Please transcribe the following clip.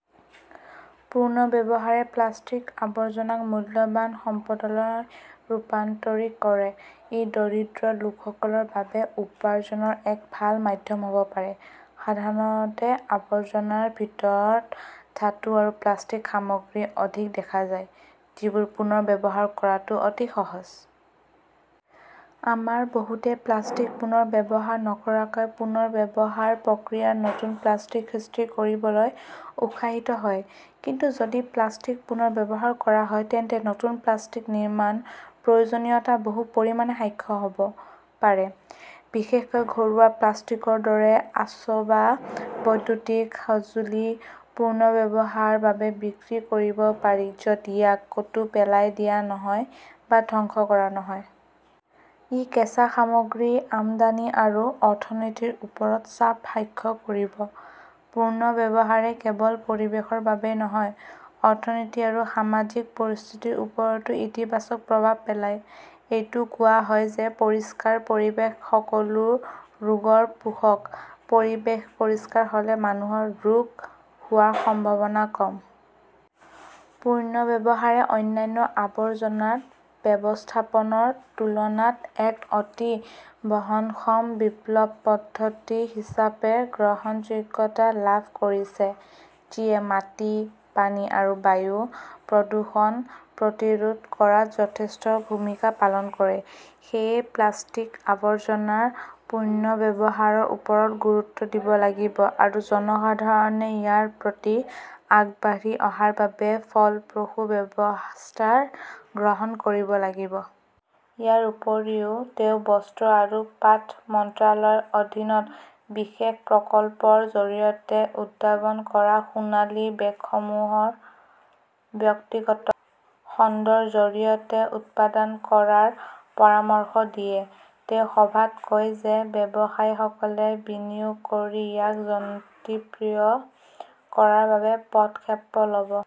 পুনৰ্ব্যৱহাৰে প্লাষ্টিকৰ আৱৰ্জনাক মূল্যৱান সম্পদলৈ ৰূপান্তৰিত কৰে। ই দৰিদ্ৰ লোকসকলৰ বাবে উপাৰ্জনৰ এক ভাল মাধ্যম হ'ব পাৰে। সাধাৰণতে আৱৰ্জনাৰ ভিতৰত ধাতু আৰু প্লাষ্টিকৰ সামগ্ৰী অধিক দেখা যায়, যিবোৰ পুনৰ ব্যৱহাৰ কৰাটো অতি সহজ। আমাৰ বহুতে প্লাষ্টিক পুনৰ ব্যৱহাৰ নকৰাকৈ পুনৰ ব্যৱহাৰ প্ৰক্ৰিয়াত নতুন প্লাষ্টিক সৃষ্টি কৰিবলৈ উৎসাহিত হয়। কিন্তু যদি প্লাষ্টিক পুনৰ ব্যৱহাৰ কৰা হয়, তেন্তে নতুন প্লাষ্টিক নিৰ্মাণৰ প্ৰয়োজনীয়তা বহু পৰিমাণে হ্ৰাস হ 'ব পাৰে। বিশেষকৈ ঘৰুৱা প্লাষ্টিকৰ দৰে আচবাব, বৈদ্যুতিক সঁজুলি পুনৰ্ব্যৱহাৰৰ বাবে বিক্ৰী কৰিব পাৰি য 'ত ইয়াক ক'তো পেলাই দিয়া নহয় বা ধ্বংস কৰা নহয়। ই কেঁচা সামগ্ৰীৰ আমদানি আৰু অৰ্থনীতিৰ ওপৰত চাপ হ্ৰাস কৰিব। পুনৰ্ব্যৱহাৰে কেৱল পৰিৱেশৰ বাবেই নহয়, অৰ্থনীতি আৰু সামাজিক পৰিস্থিতিৰ ওপৰতো ইতিবাচক প্ৰভাৱ পেলায়। এইটো কোৱা হয় যে, পৰিষ্কাৰ পৰিৱেশ সকলো ৰোগৰ পোষক। পৰিৱেশ পৰিষ্কাৰ হ'লে মানুহৰ ৰোগ হোৱাৰ সম্ভাৱনা কম। পুনৰ্ব্যৱহাৰে অন্যান্য আৱৰ্জনা ব্যৱস্থাপনাৰ তুলনাত এক অতি বহনক্ষম বিকল্প পদ্ধতি হিচাপে গ্ৰহণযোগ্যতা লাভ কৰিছে যিয়ে মাটি, পানী আৰু বায়ু প্ৰদূষণ প্ৰতিৰোধ কৰাত যথেষ্ট ভূমিকা পালন কৰে। সেয়েহে প্লাষ্টিকৰ আৱৰ্জনা পুনৰ্ব্যৱহাৰৰ ওপৰত গুৰুত্ব দিব লাগিব আৰু জনসাধাৰণে ইয়াৰ প্ৰতি আগবাঢ়ি অহাৰ বাবে ফলপ্ৰসূ ব্যৱস্থা গ্ৰহণ কৰিব লাগিব। ইয়াৰ উপৰিও তেওঁ বস্ত্ৰ আৰু পাট মন্ত্ৰালয়ৰ অধীনত বিশেষ প্ৰকল্পৰ জৰিয়তে উদ্ভাৱন কৰা সোণালী বেগসমূহ ব্যক্তিগত খণ্ডৰ জৰিয়তে উৎপাদন কৰাৰ পৰামৰ্শ দিয়ে। তেওঁ সভাত কয় যে, ব্যৱসায়ীসকলে বিনিয়োগ কৰি ইয়াক জনপ্ৰিয় কৰাৰ বাবে পদক্ষেপ ল'ব।